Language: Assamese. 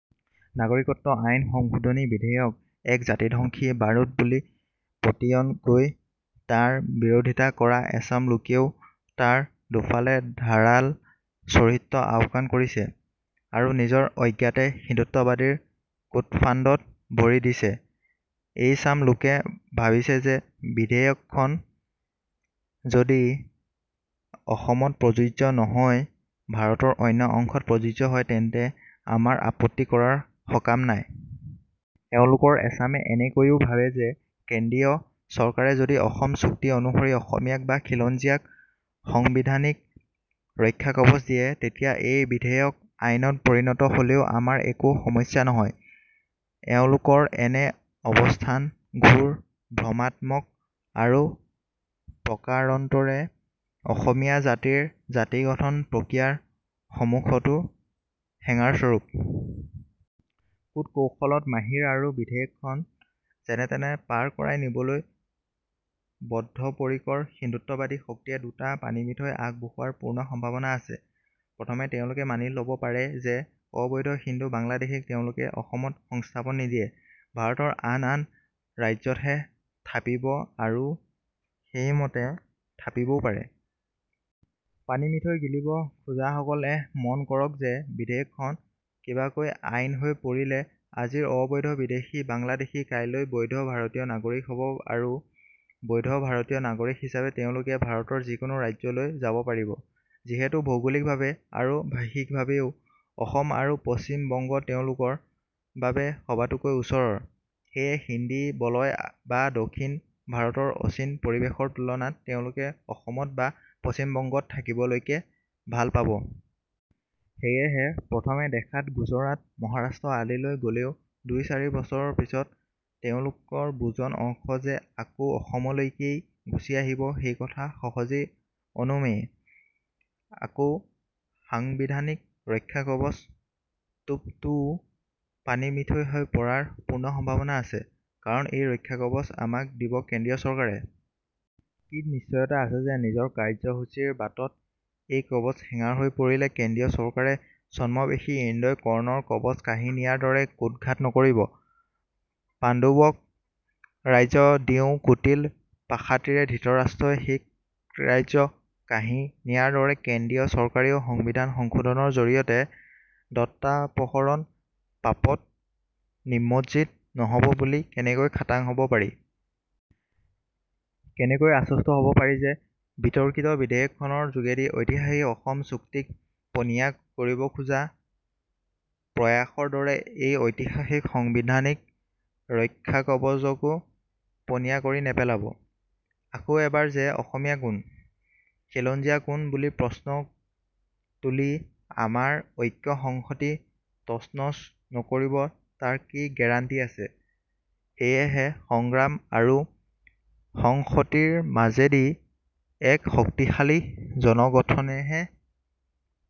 নাগৰিকত্ব আইন সংশোধনী বিধেয়ক এক জাতিধ্বংসী বাৰুদ বুলি পতিয়ন গৈ তাৰ বিৰোধিতা কৰা এচাম লোকেও তাৰ দুফালে ধাৰাল চৰিত্ৰ আওকাণ কৰিছে আৰু নিজৰ অজ্ঞাতে হিন্দুত্ববাদীৰ কূটফান্দত ভৰি দিছে। এইচাম লোকে ভাবিছে যে বিধেয়কখন যদি অসমত প্ৰযোজ্য নহৈ ভাৰতৰ অন্য অংশত প্ৰযোজ্য হয় তেন্তে আমাৰ আপত্তি কৰাৰ সকাম নাই। এওঁলোকৰ এচামে এনেকৈয়ো ভাবে যে কেন্দ্ৰীয় চৰকাৰে যদি অসম চুক্তি অনুসৰি অসমীয়াক বা খিলঞ্জীয়াক সংবিধানিক ৰক্ষাকৱচ দিয়ে তেতিয়া এই বিধেয়ক আইনত পৰিণত হ'লেও আমাৰ একো সমস্যা নহয়। এওঁলোকৰ এনে অৱ্স্থান ঘোৰ ভ্ৰমাত্মক আৰু প্ৰকাৰন্তৰে অসমীয়া জাতিৰ জাতিগঠন প্ৰক্ৰিয়াৰ সমুখতো হেঙাৰস্বৰূপ। কূট কৌশলত মাহিৰ আৰু বিধেয়কখন যেনেতেনে পাৰ কৰাই নিবলৈ বদ্ধপৰিকৰ হিন্দুত্ববাদী শক্তিয়ে দুটা পানীমিঠৈ আগ বঢ়োৱাৰ পূৰ্ণ সম্ভাৱনা আছে। প্ৰথমে তেওঁলোকে মানি ল'ব পাৰে যে অবৈধ হিন্দু বাংলাদেশীক তেওঁলোকে অসমত সংস্থাপন নিদিয়ে, ভাৰতৰ আন আন ৰাজ্যতহে থাপিব আৰু সেইমতে থাপিবও পাৰে। পানীমিঠৈ গিলিব খোজাসকলে মন কৰক যে বিধেয়কখন কিবাকৈ আইন হৈ পৰিলে আজিৰ অবৈধ বিদেশী বাংলাদেশী কাইলৈ বৈধ ভাৰতীয় নাগৰিক হ'ব আৰু বৈধ ভাৰতীয় নাগৰিক হিচাপে তেওঁলোকে ভাৰতৰ যিকোনো ৰাজ্যলৈ যাব পাৰিব। যিহেতু ভৌগোলিকভাৱে আৰু ভাষিকভাৱেও অসম আৰু পশ্চিম বংগ তেওঁলোকৰ বাবে সবাতোকৈ ওচৰৰ, সেয়ে হিন্দী বলয় বা দক্ষিণ ভাৰতৰ অচিন পৰিৱেশৰ তুলনাত তেওঁলোকে অসমত বা পশ্চিম বংগত থাকিবলৈকে ভাল পাব। সেয়েহে প্ৰথমে দেখাত গুজৰাট, মহাৰাষ্ট্ৰ আদিলৈ গলেও দুই-চাৰি বছৰ পিছত তেওঁলোকৰ বুজন অংশ যে আকৌ অসমলৈকেই গুছি আহিব সেইকথা সহজেই অনুমেয়। আকৌ সাংবিধানিক ৰক্ষাকৱচ টোপটোও পানীমিঠৈ হৈ পৰাৰ পূৰ্ণ সম্ভাৱনা আছে। কাৰণ এই ৰক্ষাকৱচ আমাক দিব কেন্দ্ৰীয় চৰকাৰে। কি নিশ্চয়তা আছে যে নিজৰ কাৰ্যসূচীৰ বাটত এই কৱচ হেঙাৰ হৈ পৰিলে কেন্দ্ৰীয় চৰকাৰে ছদ্মবেশী ইন্দ্ৰই কৰ্ণৰ কৱচ কাঢ়ি নিয়াৰ দৰে কূটঘাত নকৰিব? পাণ্ডৱক ৰাজ্য দিও কুটিল পাশাটিৰে ধৃতৰাষ্ট্ৰই সেই ৰাজ্য কাঢ়ি নিয়াৰ দৰে কেন্দ্ৰীয় চৰকাৰেও সংবিধান সংশোধনৰ জৰিয়তে দত্তাপহৰণ পাপত নিমজ্জিত নহব বুলি কেনেকৈ খাটাং হ'ব পাৰি? কেনেকৈ আশ্বস্ত হ'ব পাৰি যে বিতৰ্কিত বিধেয়কখনৰ যোগেদি ঐতিহাসিক অসম চুক্তিক পনীয়া কৰিব খোজা প্ৰয়াসৰ দৰে এই ঐতিহাসিক সংবিধানিক ৰক্ষাকৱচকো পনীয়া কৰি নেপেলাব? আকৌ এবাৰ যে অসমীয়া কোন, খিলঞ্জীয়া কোন বুলি প্ৰশ্ন তুলি আমাৰ ঐক্য-সংহতি তছনছ নকৰিব তাৰ কি গেৰাণ্টি আছে? সেয়েহে সংগ্ৰাম আৰু সংহতিৰ মাজেদি এক শক্তিশালী জনগঠনেহে